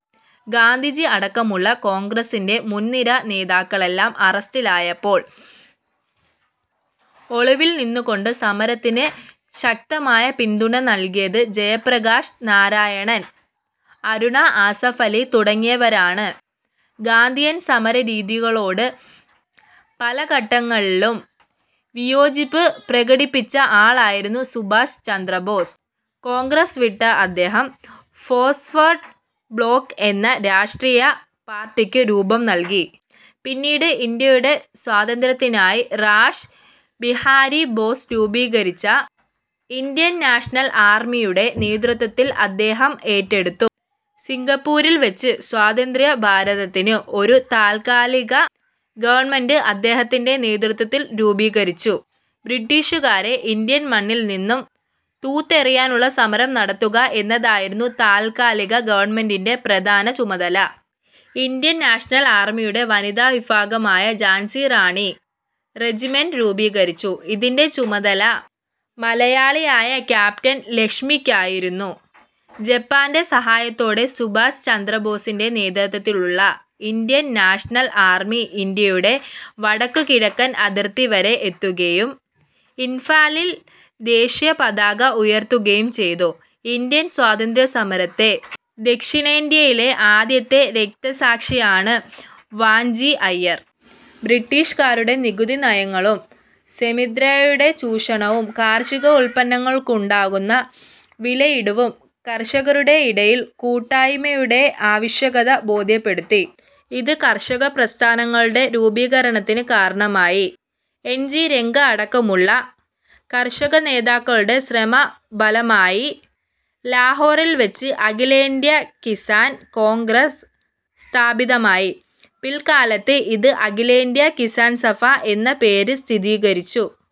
ഗാന്ധിജി അടക്കമുള്ള കോൺഗ്രസിന്റെ മുൻനിര നേതാക്കളെല്ലാം അറസ്റ്റിലായപ്പോൾ ഒളിവിൽ നിന്നുകൊണ്ട് സമരത്തിന് ശക്തമായ പിന്തുണ നൽകിയത് ജയപ്രകാശ് നാരായൺ, അരുണാ ആസഫലി തുടങ്ങിയവരാണ്. ഗാന്ധിയൻ സമരരീതികളോട് പലഘട്ടങ്ങളിലും വിയോജിപ്പ് പ്രകടിപ്പിച്ച ആളായിരുന്നു സുഭാഷ് ചന്ദ്രബോസ്. കോൺഗ്രസ് വിട്ട അദ്ദേഹം "ഫോർവേഡ് ബ്ലോക്ക്' എന്ന രാഷ്ട്രീയ പാർട്ടിക്ക് രൂപം നൽകി. പിന്നീട് ഇന്ത്യയുടെ സ്വാതന്ത്ര്യത്തിനായി റാഷ് ബിഹാരി ബോസ് രൂപീകരിച്ച "ഇന്ത്യൻ നാഷണൽ ആർമി' യുടെ നേതൃത്വം അദ്ദേഹം ഏറ്റെടുത്തു. സിംഗപ്പൂരിൽ വച്ച് സ്വതന്ത്രഭാരതത്തിന് ഒരു താൽക്കാലിക ഗവൺമെന്റ് അദ്ദേഹത്തിന്റെ നേതൃത്വത്തിൽ രൂപീകരിച്ചു. ബ്രിട്ടീഷുകാരെ ഇന്ത്യൻ മണ്ണിൽനിന്ന് തൂത്തെറിയാനുള്ള സമരം നടത്തുക എന്നതായിരുന്നു താൽക്കാലിക ഗവൺമെന്റിന്റെ പ്രധാന ചുമതല. ഇന്ത്യൻ നാഷണൽ ആർമിയുടെ വനിതാ വിഭാഗമായി ഝാൻസി റാണി റെജിമെന്റ് രൂപീകരിച്ചു. ഇതിന്റെ ചുമതല മലയാളിയായ ക്യാപ്റ്റൻ ലക്ഷ്മിക്കായിരുന്നു. ജപ്പാന്റെ സഹായത്തോടെ സുഭാഷ് ചന്ദ്രബോസിന്റെ നേതൃത്വത്തിലുള്ള ഇന്ത്യൻ നാഷണൽ ആർമി ഇന്ത്യയുടെ വടക്കുകിഴക്കൻ അതിർത്തി വരെ എത്തുകയും ഇംഫാലിൽ ദേശീയപതാക ഉയർത്തുകയും ചെയ്തു. ഇന്ത്യൻ സ്വാതന്ത്ര്യസമരത്തിലെ ദക്ഷിണേന്ത്യയിലെ ആദ്യത്തെ രക്തസാക്ഷിയാണ് വാഞ്ചി അയ്യർ. ബ്രിട്ടീഷുകാരുടെ നികുതി നയങ്ങളും സെമീന്ദാർമാരുടെ ചൂഷണവും കാർഷിക ഉൽപ്പന്നങ്ങൾക്കുണ്ടായ വിലയിടിവും കർഷകരുടെ ഇടയിൽ കൂട്ടായ്മയുടെ ആവശ്യകത ബോധ്യപ്പെടുത്തി. ഇത് കർഷകപ്രസ്ഥാനങ്ങളുടെ രൂപീകരണത്തിന് കാരണമായി. എൻ. ജി. രംഗ അടക്കമുള്ള കർഷകനേതാക്കളുടെ ശ്രമ ഫലമായി ലാഹോറിൽ വച്ച് അഖിലേന്ത്യാ കിസാൻ കോൺഗ്രസ് സ്ഥാപിതമായി. പിൽക്കാലത്ത് ഇത് അഖിലേന്ത്യ കിസാൻ സഭ എന്ന പേരു സ്വീകരി ച്ചു.